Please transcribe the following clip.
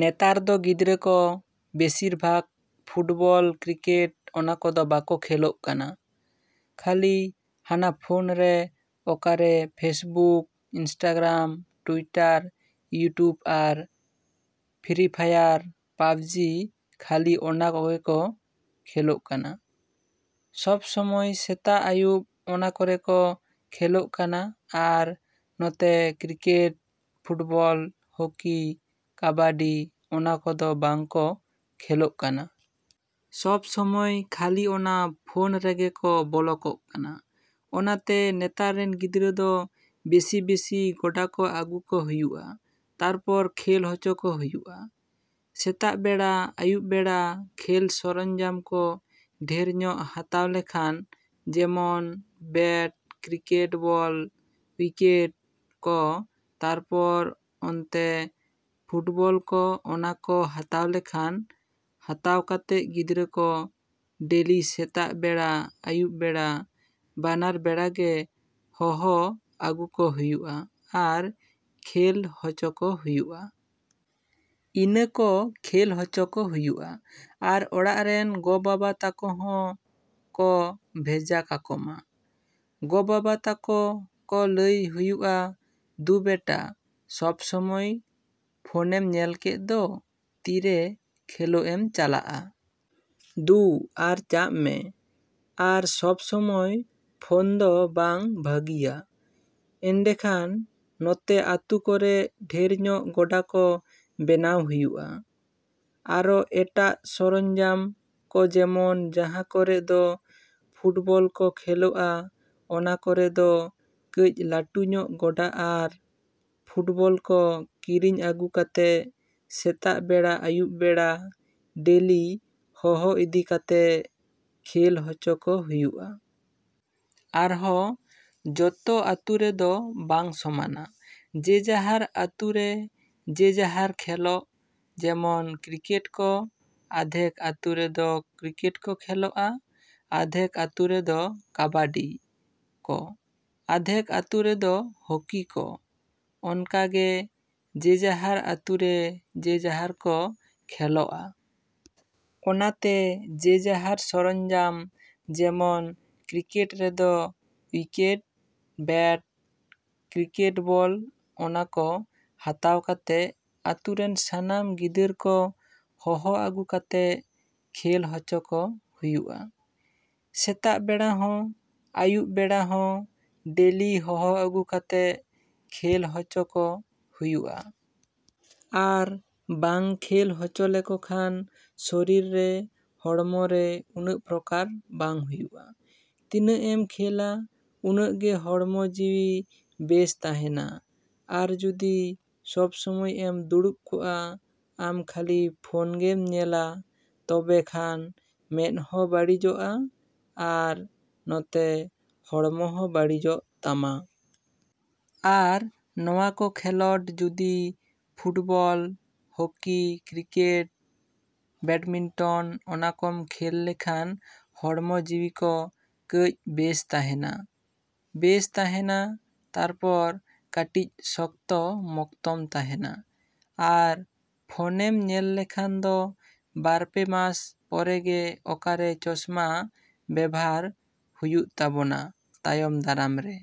ᱱᱮᱛᱟᱨ ᱫᱚ ᱜᱤᱫᱽᱨᱟᱹ ᱠᱚ ᱵᱮᱥᱤᱨ ᱵᱷᱟᱜᱽ ᱯᱷᱩᱴᱵᱚᱞ ᱠᱨᱤᱠᱮᱴ ᱚᱱᱟ ᱠᱚᱫᱚ ᱵᱟᱠᱚ ᱠᱷᱮᱞᱚᱜ ᱠᱟᱱᱟ᱾ ᱠᱷᱟᱹᱞᱤ ᱦᱟᱱᱟ ᱯᱷᱚᱱ ᱨᱮ ᱟᱠᱟᱨᱮ ᱯᱷᱮᱥᱵᱩᱠ ᱤᱱᱥᱴᱟᱜᱨᱟᱢ ᱴᱩᱭᱴᱟᱨ ᱤᱭᱩᱴᱩᱵᱽ ᱟᱨ ᱯᱷᱨᱤ ᱯᱷᱟᱭᱟᱨ ᱯᱟᱵᱡᱤ ᱠᱷᱟᱹᱞᱤ ᱚᱱᱟ ᱠᱚᱜᱮ ᱠᱚ ᱠᱷᱮᱞᱚᱜ ᱠᱟᱱᱟ᱾ ᱥᱚᱵ ᱥᱚᱢᱚᱭ ᱥᱮᱛᱟᱜᱼᱟᱹᱭᱩᱵ ᱚᱱᱟ ᱠᱚᱨᱮ ᱠᱚ ᱠᱷᱮᱞᱚᱜ ᱠᱟᱱᱟ ᱟᱨ ᱱᱚᱛᱮ ᱠᱨᱤᱠᱮᱴ ᱯᱷᱩᱴᱵᱚᱞ ᱦᱚᱠᱤ ᱠᱟᱵᱟᱰᱤ ᱚᱱᱟ ᱠᱚᱫᱚ ᱵᱟᱝ ᱠᱚ ᱠᱷᱮᱞᱚᱜ ᱠᱟᱱᱟ᱾ ᱥᱚᱵ ᱥᱚᱢᱚᱭ ᱠᱷᱟᱹᱞᱤ ᱚᱱᱟ ᱯᱷᱚᱱ ᱨᱮᱜᱮ ᱠᱚ ᱵᱚᱞᱚ ᱠᱚᱜ ᱠᱟᱱᱟ᱾ ᱚᱱᱟᱛᱮ ᱱᱮᱛᱟᱨ ᱨᱮᱱ ᱜᱤᱫᱽᱨᱟᱹ ᱫᱚ ᱵᱮᱥᱤᱼᱵᱮᱥᱤ ᱜᱚᱰᱟ ᱠᱚ ᱟᱹᱜᱩ ᱠᱚ ᱦᱩᱭᱩᱜᱼᱟ ᱛᱟᱨᱯᱚᱨ ᱠᱷᱮᱞ ᱦᱚᱪᱚ ᱠᱚ ᱦᱩᱭᱩᱜᱼᱟ᱾ ᱥᱮᱛᱟᱜ ᱵᱮᱲᱟ ᱟᱹᱭᱩᱵ ᱵᱮᱲᱟ ᱠᱷᱮᱞ ᱥᱚᱨᱚᱧᱡᱟᱢ ᱠᱚ ᱰᱷᱮᱨ ᱧᱚᱜ ᱦᱟᱛᱟᱣ ᱞᱮᱠᱷᱟᱱ ᱡᱮᱢᱚᱱ ᱵᱮᱴ ᱠᱨᱤᱠᱮᱴ ᱵᱚᱞ ᱣᱤᱠᱮᱴ ᱠᱚ ᱛᱟᱨᱯᱚᱨ ᱚᱱᱛᱮ ᱯᱷᱩᱴᱵᱚᱞ ᱠᱚ ᱚᱱᱟ ᱠᱚ ᱦᱟᱛᱟᱣ ᱞᱮᱠᱷᱟᱱ ᱦᱟᱛᱟᱣ ᱠᱟᱛᱮᱜ ᱜᱤᱫᱽᱨᱟᱹ ᱠᱚ ᱰᱮᱞᱤ ᱥᱮᱛᱟᱜ ᱵᱮᱲᱟ ᱟᱹᱭᱩᱵ ᱵᱮᱲᱟ ᱵᱟᱱᱟᱨ ᱵᱮᱲᱟ ᱜᱮ ᱦᱚᱦᱚ ᱟᱹᱜᱩ ᱠᱚ ᱦᱩᱭᱩᱜᱼᱟ ᱟᱨ ᱠᱷᱮᱞ ᱦᱚᱪᱚ ᱠᱚ ᱦᱩᱭᱩᱜᱼᱟ᱾ ᱤᱱᱟᱹ ᱠᱚ ᱠᱷᱮᱞ ᱦᱚᱪᱚ ᱠᱚ ᱦᱩᱭᱩᱜᱼᱟ ᱟᱨ ᱚᱲᱟᱜ ᱨᱮᱱ ᱜᱚ ᱵᱟᱵᱟ ᱛᱟᱠᱚ ᱦᱚᱸ ᱠᱚ ᱵᱷᱮᱡᱟ ᱠᱟᱠᱚᱢᱟ᱾ ᱜᱚ ᱵᱟᱵᱟ ᱛᱟᱠᱚ ᱠᱚ ᱞᱟᱹᱭ ᱦᱩᱭᱩᱜᱼᱟ ᱫᱩ ᱵᱮᱴᱟ ᱥᱚᱵ ᱥᱚᱢᱚᱭ ᱯᱷᱚᱱᱮᱢ ᱧᱮᱞ ᱠᱮᱫ ᱫᱚ ᱛᱤᱨᱮ ᱠᱷᱮᱞᱚᱜ ᱮᱢ ᱪᱟᱞᱜ-ᱟ ᱾ ᱫᱩ ᱟᱨ ᱪᱟᱜ ᱢᱮ ᱟᱨ ᱥᱚᱵ ᱥᱚᱢᱚᱭ ᱯᱷᱚᱱ ᱫᱚ ᱵᱟᱝ ᱵᱷᱟᱹᱜᱤᱭᱟ ᱮᱱᱰᱮᱠᱷᱟᱱ ᱱᱚᱛᱮ ᱟᱹᱛᱩ ᱠᱚᱨᱮ ᱰᱷᱮᱨ ᱧᱚᱜ ᱜᱚᱰᱟ ᱠᱚ ᱵᱮᱱᱟᱣ ᱦᱩᱭᱩᱜᱼᱟ᱾ ᱟᱨᱚ ᱮᱴᱟᱜ ᱥᱚᱨᱚᱧᱡᱟᱢ ᱠᱚ ᱡᱮᱢᱚᱱ ᱡᱟᱦᱟᱸ ᱠᱚᱨᱮ ᱫᱚ ᱯᱷᱩᱴᱵᱚᱞ ᱠᱚ ᱠᱷᱮᱞᱚᱜᱼᱟ ᱚᱱᱟ ᱠᱚᱨᱮ ᱫᱚ ᱠᱟᱹᱡ ᱞᱟᱹᱴᱩ ᱧᱚᱜ ᱜᱚᱰᱟ ᱟᱨ ᱯᱷᱩᱴᱵᱚᱞ ᱠᱚ ᱠᱤᱨᱤᱧ ᱟᱹᱜᱩ ᱠᱟᱛᱮᱜ ᱥᱮᱛᱟᱜ ᱵᱮᱲᱟ ᱟᱹᱭᱩᱵ ᱵᱮᱲᱟ ᱰᱮᱞᱤ ᱦᱚᱦᱚ ᱤᱫᱤ ᱠᱟᱛᱮᱜ ᱠᱷᱮᱞ ᱦᱚᱪᱚ ᱠᱚ ᱦᱩᱭᱩᱜᱼᱟ᱾ ᱟᱨᱦᱚ ᱡᱚᱛᱚ ᱟᱹᱛᱩ ᱨᱮᱫᱚ ᱵᱟᱝ ᱥᱚᱢᱟᱱᱟ ᱡᱮ ᱡᱟᱦᱟᱨ ᱟᱹᱛᱩ ᱨᱮ ᱡᱮ ᱡᱟᱦᱟᱨ ᱠᱷᱮᱞᱚᱜ ᱡᱮᱢᱚᱱ ᱠᱨᱤᱠᱮᱴ ᱠᱚ ᱟᱫᱷᱮᱠ ᱟᱹᱛᱩ ᱨᱮᱫᱚ ᱠᱨᱤᱠᱮᱴ ᱠᱚ ᱠᱷᱮᱞᱚᱜᱼᱟ ᱟᱫᱷᱮᱠ ᱟᱹᱛᱩ ᱨᱮᱫᱚ ᱠᱟᱵᱟᱰᱤ ᱠᱚ ᱟᱫᱷᱮᱠ ᱟᱹᱛᱩ ᱨᱮᱫᱚ ᱦᱚᱠᱤ ᱠᱚ᱾ ᱚᱱᱠᱟᱜᱮ ᱡᱮ ᱡᱟᱦᱟᱨ ᱟᱹᱛᱩ ᱨᱮ ᱡᱮ ᱡᱟᱦᱟᱨ ᱠᱚ ᱠᱷᱮᱞᱚᱜᱼᱟ᱾ ᱚᱱᱟᱛᱮ ᱡᱮ ᱡᱟᱦᱟᱨ ᱥᱚᱨᱚᱧᱡᱟᱢ ᱡᱮᱢᱚᱱ ᱠᱨᱤᱠᱮᱴ ᱨᱮᱫᱚ ᱣᱤᱠᱮᱴ ᱵᱮᱴ ᱠᱨᱤᱠᱮᱴ ᱵᱚᱞ ᱚᱱᱟ ᱠᱚ ᱦᱟᱛᱟᱣ ᱠᱟᱛᱮᱜ ᱟᱹᱛᱩ ᱨᱮᱱ ᱥᱟᱱᱟᱢ ᱜᱤᱫᱟᱹᱨ ᱠᱚ ᱦᱚᱦᱚ ᱟᱹᱜᱩ ᱠᱟᱛᱮᱜ ᱠᱷᱮᱞ ᱦᱚᱪᱚ ᱠᱚ ᱦᱩᱭᱩᱜᱼᱟ᱾ ᱥᱮᱛᱟᱜ ᱵᱮᱲᱟ ᱦᱚᱸ ᱟᱹᱭᱩᱵ ᱵᱮᱲᱟ ᱦᱚᱸ ᱰᱮᱞᱤ ᱦᱚᱦᱚ ᱟᱹᱜᱩ ᱠᱟᱛᱮᱜ ᱠᱷᱮᱞ ᱦᱚᱪᱚ ᱠᱚ ᱦᱩᱭᱩᱜᱼᱟ᱾ ᱟᱨ ᱵᱟᱝ ᱠᱷᱮᱞ ᱦᱚᱪᱚ ᱞᱮᱠᱚ ᱠᱷᱟᱱ ᱥᱚᱨᱤᱨ ᱨᱮ ᱦᱚᱲᱢᱚ ᱨᱮ ᱩᱱᱟᱹᱜ ᱯᱨᱚᱠᱟᱨ ᱵᱟᱝ ᱦᱩᱭᱩᱜᱼᱟ᱾ ᱛᱤᱱᱟᱹᱜ ᱮᱢ ᱠᱷᱮᱞᱟ ᱩᱱᱟᱹᱜ ᱜᱮ ᱦᱚᱲᱢᱚ ᱡᱤᱣᱤ ᱵᱮᱥ ᱛᱟᱦᱮᱱᱟ ᱟᱨ ᱡᱩᱫᱤ ᱥᱚᱵ ᱥᱚᱢᱚᱭ ᱮᱢ ᱫᱩᱲᱩᱵ ᱠᱚᱜᱼᱟ ᱟᱢ ᱠᱷᱟᱹᱞᱤ ᱯᱷᱚᱱ ᱜᱮᱢ ᱧᱮᱞᱟ ᱛᱚᱵᱮ ᱠᱷᱟᱱ ᱢᱮᱫ ᱦᱚᱸ ᱵᱟᱹᱲᱤᱡᱚᱜᱼᱟ ᱟᱨ ᱱᱚᱛᱮ ᱦᱚᱲᱢᱚ ᱦᱚᱸ ᱵᱟᱹᱲᱤᱡᱚᱜ ᱛᱟᱢᱟ᱾ ᱟᱨ ᱱᱚᱣᱟ ᱠᱚ ᱠᱷᱮᱞᱚᱰ ᱡᱩᱫᱤ ᱯᱷᱩᱴᱵᱚᱞ ᱦᱚᱠᱤ ᱠᱨᱤᱠᱮᱴ ᱵᱮᱰᱢᱤᱱᱴᱚᱱ ᱚᱱᱟ ᱠᱚᱢ ᱠᱷᱮᱞ ᱞᱮᱠᱷᱟᱱ ᱦᱚᱲᱢᱚ ᱡᱤᱣᱤ ᱠᱚ ᱠᱟᱹᱡ ᱵᱮᱥ ᱛᱟᱦᱮᱱᱟ᱾ ᱵᱮᱥ ᱛᱟᱦᱮᱱᱟ ᱛᱟᱨᱯᱚᱨ ᱠᱟᱹᱴᱤᱡ ᱥᱚᱠᱛᱚ ᱢᱚᱠᱛᱚᱢ ᱛᱟᱦᱮᱱᱟ᱾ ᱟᱨ ᱯᱷᱚᱱᱮᱢ ᱧᱮᱞ ᱞᱮᱠᱷᱟᱱ ᱫᱚ ᱵᱟᱨ ᱯᱮ ᱢᱟᱥ ᱯᱚᱨᱮᱜᱮ ᱚᱠᱟᱨᱮ ᱪᱚᱥᱢᱟ ᱵᱮᱵᱷᱟᱨ ᱦᱩᱭᱩᱜ ᱛᱟᱵᱚᱱᱟ ᱛᱟᱭᱚᱢ ᱫᱟᱨᱟᱢ ᱨᱮ᱾